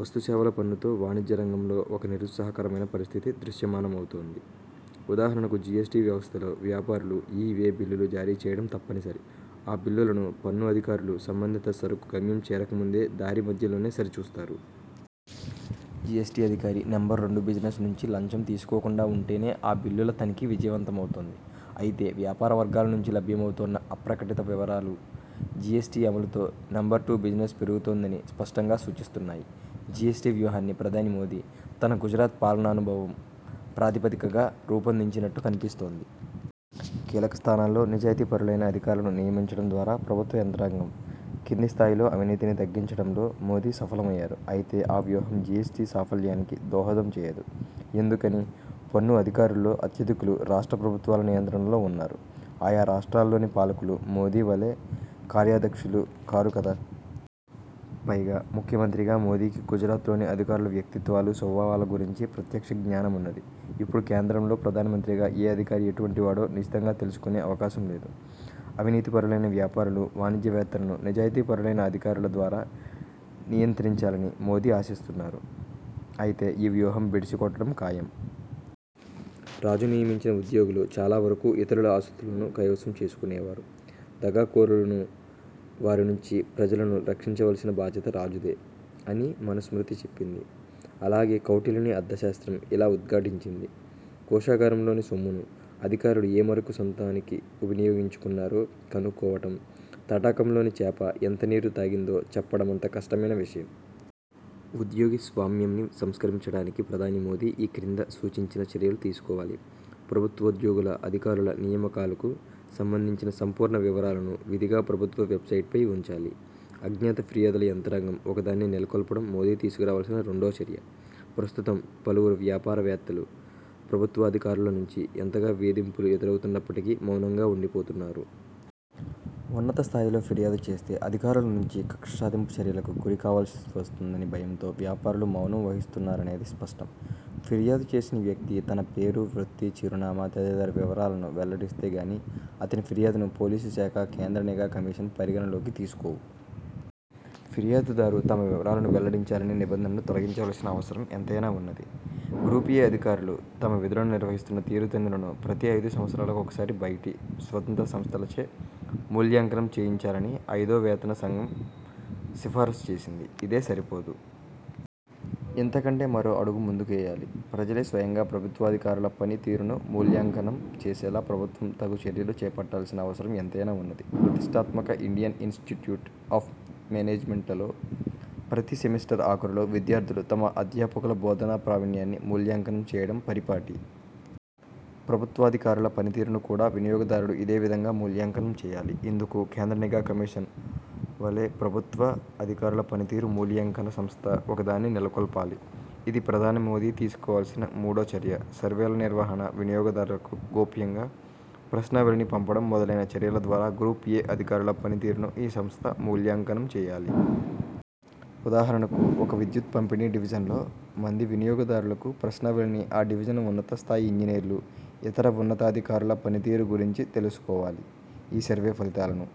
వస్తు సేవల పన్ను తో వాణిజ్య రంగంలో ఒక నిరుత్సాహకరమైన పరిస్థితి దృశ్యమానమవుతోంది. ఉదాహరణకు జీఎస్టీ వ్యవస్థలో వ్యాపారులు ఈ, వే బిల్లులు జారీ చేయడం తప్పనిసరి. ఆ బిల్లులను పన్ను అధికారులు సంబంధిత సరుకు గమ్యం చేరక ముందే దారి మధ్యలోనే సరి చూస్తారు. జీఎస్టీ అధికారి నెంబర్ రెండు బిజినెస్ నుంచి లంచం తీసుకోకుండా వుంటేనే ఆ బిల్లుల తనిఖీ విజయవంతమవుతుంది. అయితే వ్యాపార వర్గాల నుంచి లభ్యమవుతోన్న అప్రకటిత వివరాలు, జీఎస్టీ అమలుతో నెంబర్ టు బిజినెస్ పెరుగుతోందని స్పష్టంగా సూచిస్తున్నాయి. జీఎస్టీ వ్యూహాన్ని ప్రధాని మోదీ తన గుజరాత్ పాలనానుభవం ప్రాతిపదికగా రూపొందించినట్టు కన్పిస్తోంది. కీలక స్థానాల్లో నిజాయితీపరులైన అధికారులను నియమించడం ద్వారా ప్రభుత్వ యంత్రాంగం కింది స్థాయిలో అవినీతిని తగ్గించడంలో మోదీ సఫలమయ్యారు. అయితే ఆ వ్యూహం జీఎస్టీ సాఫల్యానికి దోహదం చేయదు. ఎందుకని? పన్ను అధికారుల్లో అత్యధికులు రాష్ట్ర ప్రభుత్వాల నియంత్రణలో వున్నారు. ఆయా రాష్ట్రాల్లోని పాలకులు మోదీ వలే కార్యదక్షులు కారు కదా. పైగా ముఖ్యమంత్రిగా మోదీకి గుజరాత్లోని అధికారుల వ్యక్తిత్వాలు, స్వభావాల గురించి ప్రత్యక్ష జ్ఞానమున్నది. ఇప్పుడు కేంద్రంలో ప్రధానమంత్రిగా ఏ అధికారి ఎటువంటి వాడో నిశితంగా తెలుసుకొనే అవకాశం లేదు. అవినీతిపరులైన వ్యాపారులు, వాణిజ్యవేత్తలను నిజాయితీపరులైన అధికారుల ద్వారా నియంత్రించాలని మోదీ ఆశిస్తున్నారు. అయితే ఈ వ్యూహం బెడిసి కొట్టడం ఖాయం. 'రాజు నియమించిన ఉద్యోగులు చాలావరకు ఇతరుల ఆస్తులను కైవశం చేసుకొనేవారూ, దగా కోరులూనూ వారి నుంచి ప్రజలను రక్షించవలసిన బాధ్యత రాజుదే' అని మనుస్మృతి చెప్పింది. అలాగే కౌటిల్యుని 'అర్థశాస్త్రం' ఇలా ఉద్ఘాటించింది 'కోశాగారంలోని సొమ్మును అధికారులు ఏ మేరకు సొంతానికి వినియోగించుకున్నారో కనుక్కోవడం, తటాకంలోని చేప ఎంత నీరు తాగిందో చెప్పడమంత కష్టమైన విషయం'. ఉద్యోగి స్వామ్యంని సంస్కరించడానికి ప్రధాని మోదీ ఈ క్రింద సూచించిన చర్యలు తీసుకోవాలి. ప్రభుత్వోద్యోగుల, అధికారుల నియామకాలకు సంబంధించిన సంపూర్ణ వివరాలను విధిగా ప్రభుత్వ వెబ్సైట్పై వుంచాలి. అజ్ఞాత ఫిర్యాదుల యంత్రాంగం ఒకదాన్ని నెలకొల్పడం మోదీ తీసుకోవల్సిన రెండో చర్య. ప్రస్తుతం పలువురు వ్యాపార వేత్తలు ప్రభుత్వాధికారుల నుంచి ఎంతగా వేధింపులు ఎదురవుతున్నప్పటికీ మౌనంగా వుండిపోతున్నారు. ఉన్నత స్థాయిలో ఫిర్యాదు చేస్తే అధికారుల నుంచి కక్ష సాధింపు చర్యలకు గురి కావలసివస్తుందనే భయంతోనే వ్యాపారులు మౌనం వహిస్తున్నారనేది స్పష్టం. ఫిర్యాదు చేసిన వ్యక్తి తన పేరు, వృత్తి, చిరునామా తదితర వివరాలను వెల్లడిస్తే గానీ అతని ఫిర్యాదును పోలీసు శాఖ, కేంద్ర నిఘా కమిషన్ పరిగణనలోకి తీసుకోవు. ఫిర్యాదు దారు తన వివరాలను వెల్లడించాలనే నిబంధనను తొలగించవల్సిన అవసరం ఎంతైనా వున్నది. గ్రూప్ 'ఏ' అధికారులు తమ విధులను నిర్వహిస్తున్న తీరు తెన్నులను ప్రతి ఐదు సంవత్సరాలకొకసారి బయటి, స్వతంత్ర సంస్థలచే మూల్యాంకనం చేయించాలని ఐదో వేతన సంఘం సిఫారసు చేసింది. ఇదే సరిపోదు. ఇంతకంటే మరో అడుగు ముందుకేయాలి. ప్రజలే స్వయంగా ప్రభుత్వాధికారుల పని తీరును మూల్యాంకంనం చేసేలా ప్రభుత్వం తగు చర్యలు చేపట్టాల్సిన అవసరం ఎంతైనా వున్నది. ప్రతిష్ఠాత్మక ఇండియన్ ఇన్స్టిట్యూట్ ఆఫ్ మేనేజ్మెంట్ లలో ప్రతి సెమిస్టర్ ఆఖరులో విద్యార్థులు తమ అధ్యాపకుల బోధనా ప్రావీణ్యాన్ని మూల్యాంకనం చేయడం పరిపాటి. ప్రభుత్వాధికారుల పనితీరును కూడా వినియోగదారులు ఇదే విధంగా మూల్యాంకనం చేయాలి. ఇందుకు కేంద్ర నిఘా కమిషన్ వలే 'ప్రభుత్వ అధికారుల పనితీరు మూల్యాంకన సంస్థ' ఒకదాన్ని నెలకొల్పాలి. ఇది, ప్రధాని మోదీ తీసుకోవల్సిన మూడో చర్య. సర్వేల నిర్వహణ, వినియోగదారులకు గోప్యంగా ప్రశ్నావళిని పంపడం మొదలైన చర్యల ద్వారా గ్రూప్ 'ఏ' అధికారుల పని తీరును ఈ సంస్థ మూల్యాంకనం చేయాలి. ఉదాహరణకు ఒక విద్యుత్ పంపిణీ డివిజన్లో మంది వినియోగదారులకు ప్రశ్నావళిని ఆ డివిజన్ ఉన్నతస్థాయి ఇంజనీర్లు, ఇతర ఉన్నతాధికారుల పనితీరు గురించి తెలుసుకోవాలి. ఈ సర్వే ఫలితాలను